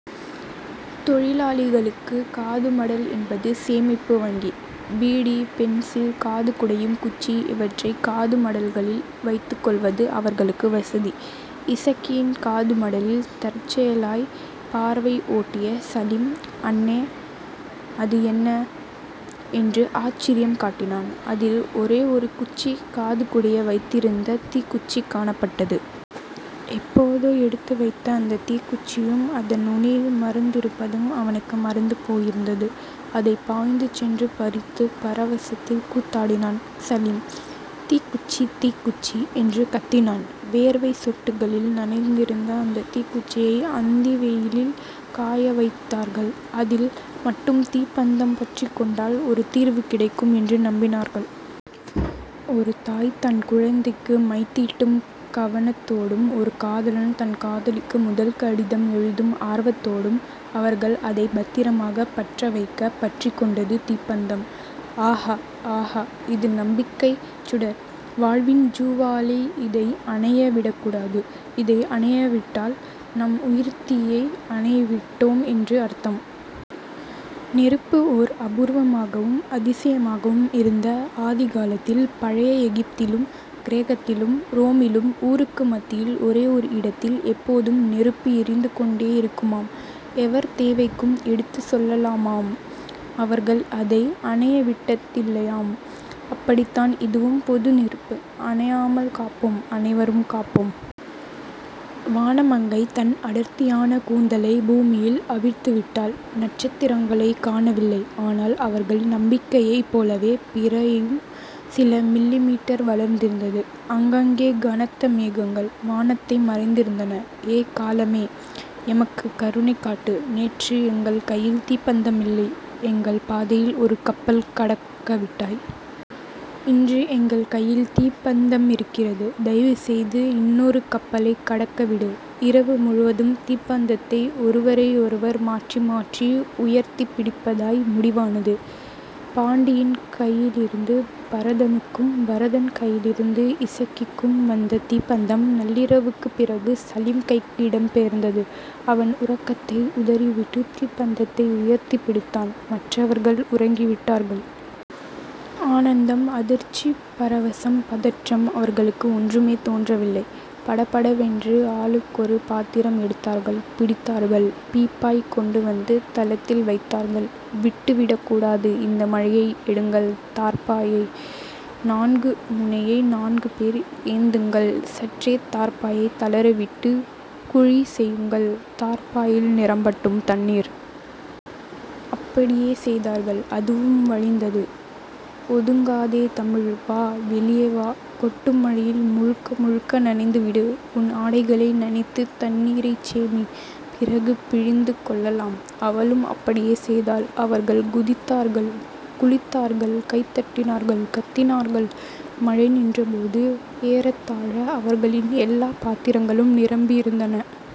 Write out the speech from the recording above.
தொழிலாளிகளுக்குக் காதுமடல் என்பது சேமிப்பு வங்கி. பீடி, பென்சில், காது குடையும் குச்சி இவற்றைக் காதுமடல்களில் வைத்துக்கொள்வது அவர்களுக்கு வசதி. இசக்கியின் காதுமடலில் தற்செயலாய்ப் பார்வை ஓட்டிய சலீம், அண்ணே. அது என்ன? என்று ஆச்சரியம் காட்டினான். அதில் ஒரே ஒரு குச்சி காது குடைய வைத்திருந்த தீக்குச்சி காணப்பட்டது. எப்போதோ எடுத்து வைத்த அந்தத் தீக்குச்சியும் அதன் நுனியில் மருந்திருப்பதும் அவனுக்கு மறந்து போயிருந்தது. அதைப் பாய்ந்துசென்று பறித்துப் பரவசத்தில் கூத்தாடினான் சலீம். தீக்குச்சி. தீக்குச்சி. என்று கத்தினான். வேர்வைச் சொட்டுகளில் நனைந்திருந்த அந்தத் தீக்குச்சியை அந்திவெயிலில் காயவைத்தார்கள். அதில் மட்டும் தீப்பந்தம் பற்றிக்கொண்டால் ஒரு தீர்வு கிடைக்கும் என்று நம்பினார்கள். ஒரு தாய் தன் குழந்தைக்கு மைதீட்டும் கவனத்தோடும், ஒரு காதலன் தன் காதலிக்கு முதல் கடிதம் எழுதும் ஆர்வத்தோடும் அவர்கள் அதைப் பத்திரமாகப் பற்றவைக்க, பற்றிக்கொண்டது தீப்பந்தம். ஆகா. ஆகா. இது நம்பிக்கைச் சுடர். வாழ்வின் ஜுவாலை. இதை அணைய விடக்கூடாது. இதை அணையவிட்டால், நம் உயிர்த்தீயை அணையவிட்டோம் என்று அர்த்தம். நெருப்பு ஓர் அபூர்வமாகவும் அதிசயமாகவும் இருந்த ஆதிகாலத்தில், பழைய எகிப்திலும் கிரேக்கத்திலும் ரோமிலும் ஊருக்கு மத்தியில் ஒரே ஓர் இடத்தில், எப்போதும் நெருப்பு எரிந்து கொண்டேயிருக்குமாம். எவர் தேவைக்கும் எடுத்துச் செல்லலாமாம். அவர்கள் அதை அணையவிட்டதில்லையாம். அப்படித்தான் இதுவும் பொதுநெருப்பு. அணையாமல் காப்போம். அனைவரும் காப்போம். வானமங்கை தன் அடர்த்தியான கூந்தலைப் பூமியில் அவிழ்த்துவிட்டாள். நட்சத்திரங்களைக் காணவில்லை. ஆனால், அவர்கள் நம்பிக்கையைப் போலவே, பிறையும் சில மில்லிமீட்டர் வளர்ந்திருந்தது. அங்கங்கே கனத்த மேகங்கள் வானத்தை மறைத்திருந்தன. ஏ காலமே. எமக்குக் கருணை காட்டு. நேற்று எங்கள் கையில் தீப்பந்தமில்லை. எங்கள் பாதையில் ஒரு கப்பல் கடக்கவிட்டாய். இன்று எங்கள் கையில் தீப்பந்தமிருக்கிறது, தயவுசெய்து இன்னொரு கப்பலைக் கடக்கவிடு. இரவு முழுவதும் தீப்பந்தத்தை ஒருவரையெருவர் மாற்றி மாற்றி உயர்த்திப் பிடிப்பதாய் முடிவானது. பாண்டியின் கையிலிருந்து பரதனுக்கும், பரதன் கையிலிருந்து இசக்கிக்கும் வந்த தீப்பந்தம் நள்ளிரவுக்குப் பிறகு சலீம் கைக்கு இடம் பெயர்ந்தது. அவன் உறக்கத்தை உதறிவிட்டுத் தீப்பந்தத்தை உயர்த்திப் பிடித்தான், மற்றவர்கள் உறங்கிவிட்டார்கள். ஆனந்தம் அதிர்ச்சி பரவசம் பதற்றம்.... அவர்களுக்கு ஒன்றுமே தோன்றவில்லை. படபடவென்று ஆளுக்கொரு பாத்திரம் எடுத்தார்கள், பிடித்தார்கள். பீப்பாய் கொண்டுவந்து தளத்தில் வைத்தார்கள் விட்டுவிடக்கூடாது இந்த மழையை எடுங்கள் தார்ப்பாயை. நான்கு முனையை நான்கு பேர் ஏந்துங்கள் சற்றே தார்ப்பாயைத்தளரவிட்டு குழி செய்யுங்கள், தார்ப்பாயில் நிரம்பட்டும் தண்ணீர். அப்படியே செய்தார்கள், அதுவும் வழிந்தது. ஒதுங்காதே தமிழ். வா, வெளியே வா. கொட்டும் மழையில் முழுக்க முழுக்க நனைந்துவிடு. உன் ஆடைகளை நனைத்துத் தண்ணீரைச் சேமி, பிறகு பிழிந்து கொள்ளலாம், அவளும் அப்படியே செய்தாள். அவர்கள் குதித்தார்கள் குளித்தார்கள் கைதட்டினார்கள், கத்தினார்கள். மழை நின்றபோது, ஏறத்தாழ அவர்களின் எல்லாப் பாத்திரங்களும் நிரம்பியிருந்தன.